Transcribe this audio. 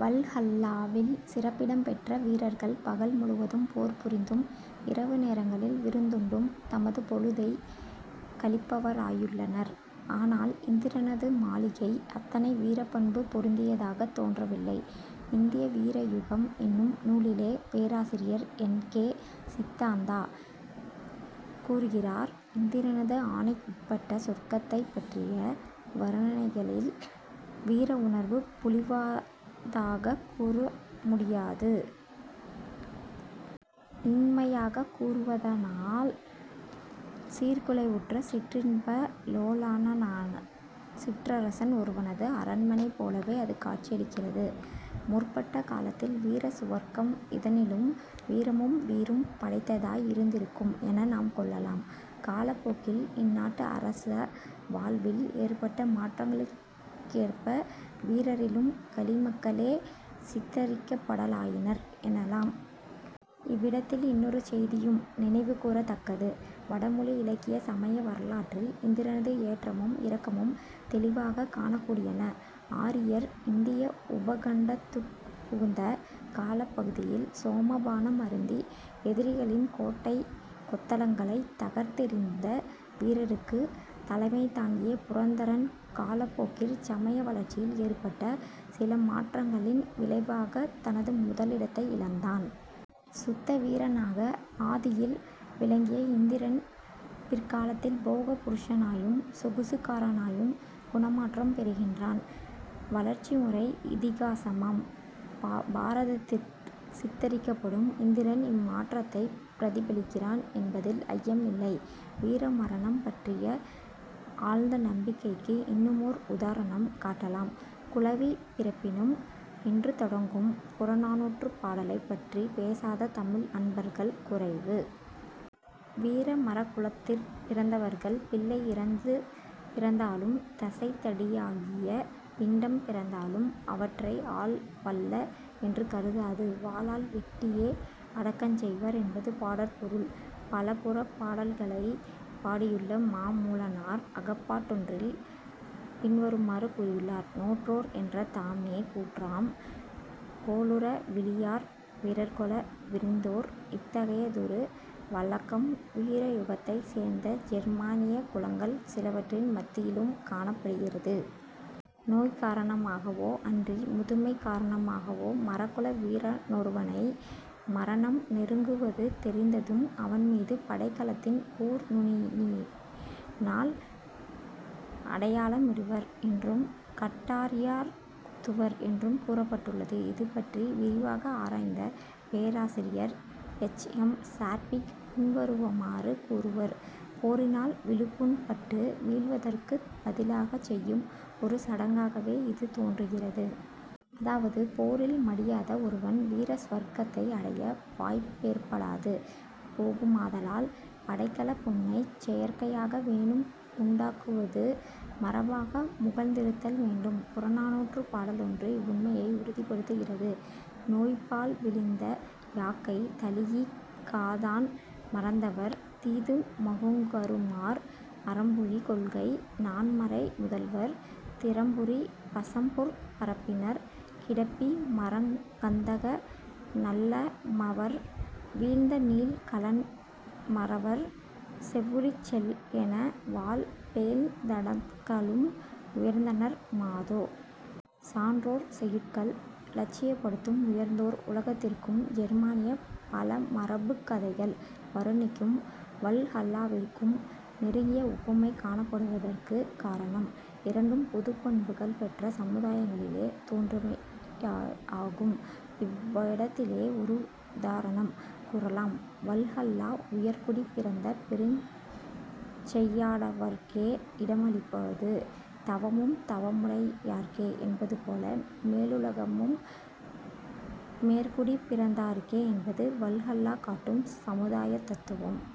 வல்ஹல்லாவில் சிறப்பிடம் பெற்ற வீரர்கள் பகல் முழுவதும் போர்புரிந்தும் இரவு நேரங்களில் விருந்துண்டும் தமது பொழுதைக் கழிப்பவராயுள்ளனர். ஆனால் இந்திரனது மாளிகை அத்தனை வீரப் பண்பு பொருந்தியதாகத் தோன்றவில்லை. இந்திய வீரயுகம் என்னும் நூலிலே பேராசிரியர் என். கே. சித்தாந்தா கூறுகிறார்: "இந்திரனது ஆணைக்குட்பட்ட சொர்க்கத்தைப்பற்றிய வருணனைகளில் வீரஉணர்வு பொலிவதாகக்கூறு முடியாது. உண்மையாகக் கூறுவதானால், சீர்குலைவுற்ற சிற்றின்ப லோலனான சிற்றரசன் ஒருவனது அரண்மனை போலவே அது காட்சியளிக்கிறது. முற்பட்ட காலத்தில் வீர சுவர்க்கம் இதனிலும் வீரமும் வீறும் படைத்ததாய் இருந்திருக்கும் என நாம் கொள்ளலாம். காலப் போக்கில் இந்நாட்டு அரச வாழ்வில் ஏற்பட்ட மாற்றங்களுக்கேற்ப வீரரிலும் களிமக்களே சித்திரிக்கப்படலாயினர் எனலாம். " இவ்விடத்தில் இன்னொரு செய்தியும் நினைவுகூரத் தக்கது. வடமொழி இலக்கிய, சமய வரலாற்றில் இந்திரனது ஏற்றமும் இறக்கமும் தௌிவாகக் காணக்கூடியன. ஆரியர் இந்திய உபகண்டத்துட் புகுந்த காலப்பகுதியில் சோமபானம் அருந்தி எதிரிகளின் கோட்டை கொத்தளங்களைத் தகர்த்தெறிந்த வீரருக்குத் தலைமை தாங்கிய புரந்தரன் காலப்போக்கிற் சமய வளர்ச்சியில் ஏற்பட்ட சில மாற்றங்களின் விளைவாகத் தனது முதலிடத்தை இழந்தான். சுத்த வீரனாக ஆதியில் விளங்கிய இந்திரன் பிற்காலத்தில் போக புருஷனாயும் 'சொகுசு'க்காரனாயும் குணமாற்றம் பெறுகின்றான். வளர்ச்சி முறை இதிகாசமாம் பாரதத்திற் சித்திரிக்கப்படும் இந்திரன் இம் மாற்றத்தைப் பிரதிபலிக்கிறான் என்பதில் ஐயம் இல்லை. வீரமரணம் பற்றிய ஆழ்ந்த நம்பிக்கைக்கு இன்னுமோர் உதாரணம் காட்டலாம். "குழவி பிறப்பினும்" என்று தொடங்கும் புறநானூற்றுப் பாடலைப் பற்றிப் பேசாத தமிழ் அன்பர்கள் குறைவு. வீரமறக்குலத்திற் பிறந்தவர்கள் பிள்ளை இறந்து பிறந்தாலும் தசைத் தடியாகிய பிண்டம் பிறந்தாலும் அவற்றை ஆள் வல்ல என்று கருதாது வாளால் வெட்டியே அடக்கஞ் செய்வர் என்பது பாடற்பொருள். பலபுறப் பாடல்களைப் பாடியுள்ள மாமூலனார் அகப்பாட்டொன்றில் பின்வருமாறு கூறியுள்ளார்: "நோற்றோர் என்ற தாமே கூற்றம் கோளுற விளியார் பிறர் கொள விறிந்தோர்" இத்தகையதொரு வழக்கம் வீரயுகத்தைச் சேர்ந்த ஜெர்மானியக் குலங்கள் சிலவற்றின் மத்தியிலும் காணப்படுகிறது. நோய் காரணமாகவோ அன்றி முதுமை காரணமாகவோ மறக்குல வீரனொருவனை மரணம் நெருங்குவது தெரிந்ததும் அவன்மீது படைக்கலத்தின் கூர் நுனியினால் அடையாளமிடுவர் என்றும், கட்டாரியாற் குத்துவர் என்றும் கூறப்பட்டுள்ளது. இதுபற்றி விரிவாக ஆராய்ந்த பேராசிரியர் எச். எம். சாட்விக் பின்வருமாறு கூறுவர்: "போரினால் விழுப்புண் பட்டு வீழ்வதற்குப் பதிலாகச் செய்யும் ஒரு சடங்காகவே இது தோன்றுகிறது. " அதாவது போரில் மடியாத ஒருவன் வீரசுவர்க்கத்தை அடைய வாய்ப்பேற்படாது போகுமாதலால் படைக்கலப் புண்ணைச் செயற்கையாக வேனும் உண்டாக்குவது மரபாக முகிழ்ந்திருத்தல் வேண்டும். புறநானூற்றுப் பாடலொன்று இவ்வுண்மையை உறுதிப்படுத்துகிறது. "நோய்ப்பால் விளிந்த யாக்கை தழீஇக் காதன் மறந்தவர் தீதுமகுங்கறுமார் அறம்புரி கொள்கை நான்மறை முதல்வர் திறம்புரி பசம்புற் பரப்பினர் கிடப்பி மறங் கந்தாக நல்லமவர் வீழ்ந்த நீள் கழன் மறவர் செவ்வுழிச்செல்கென வாழ் பேழ்ந் தடக்கலும் உய்ந்தனர் மாதோ.... " சான்றோர் செய்யுட்கள் இலட்சியப்படுத்தும் உயர்ந்தோர் உலகத்திற்கும் ஜெர்மானியப் பழமரபுக் கதைகள் வருணிக்கும் வல்ஹல்லாவிற்கும் நெருங்கிய ஒப்புமை காணப்படுவதற்குக் காரணம், இரண்டும் பொதுப் பண்புகள் பெற்ற சமுதாயங்களிலே தோன்றியமையேயாகும். இவ்விடத்திலே ஒருதாரணம் கூறலாம். வல்ஹல்லா உயர்குடிப் பிறந்த பெருஞ் செய்யாடவருக்கே இடமளிப்பது. 'தவமும் தவமுடையார்க்கே' என்பது போல மேலுலகமும் மேற்குடிப் பிறந்தாருக்கே என்பது வல்ஹல்லா காட்டும் சமுதாயத் தத்துவம்.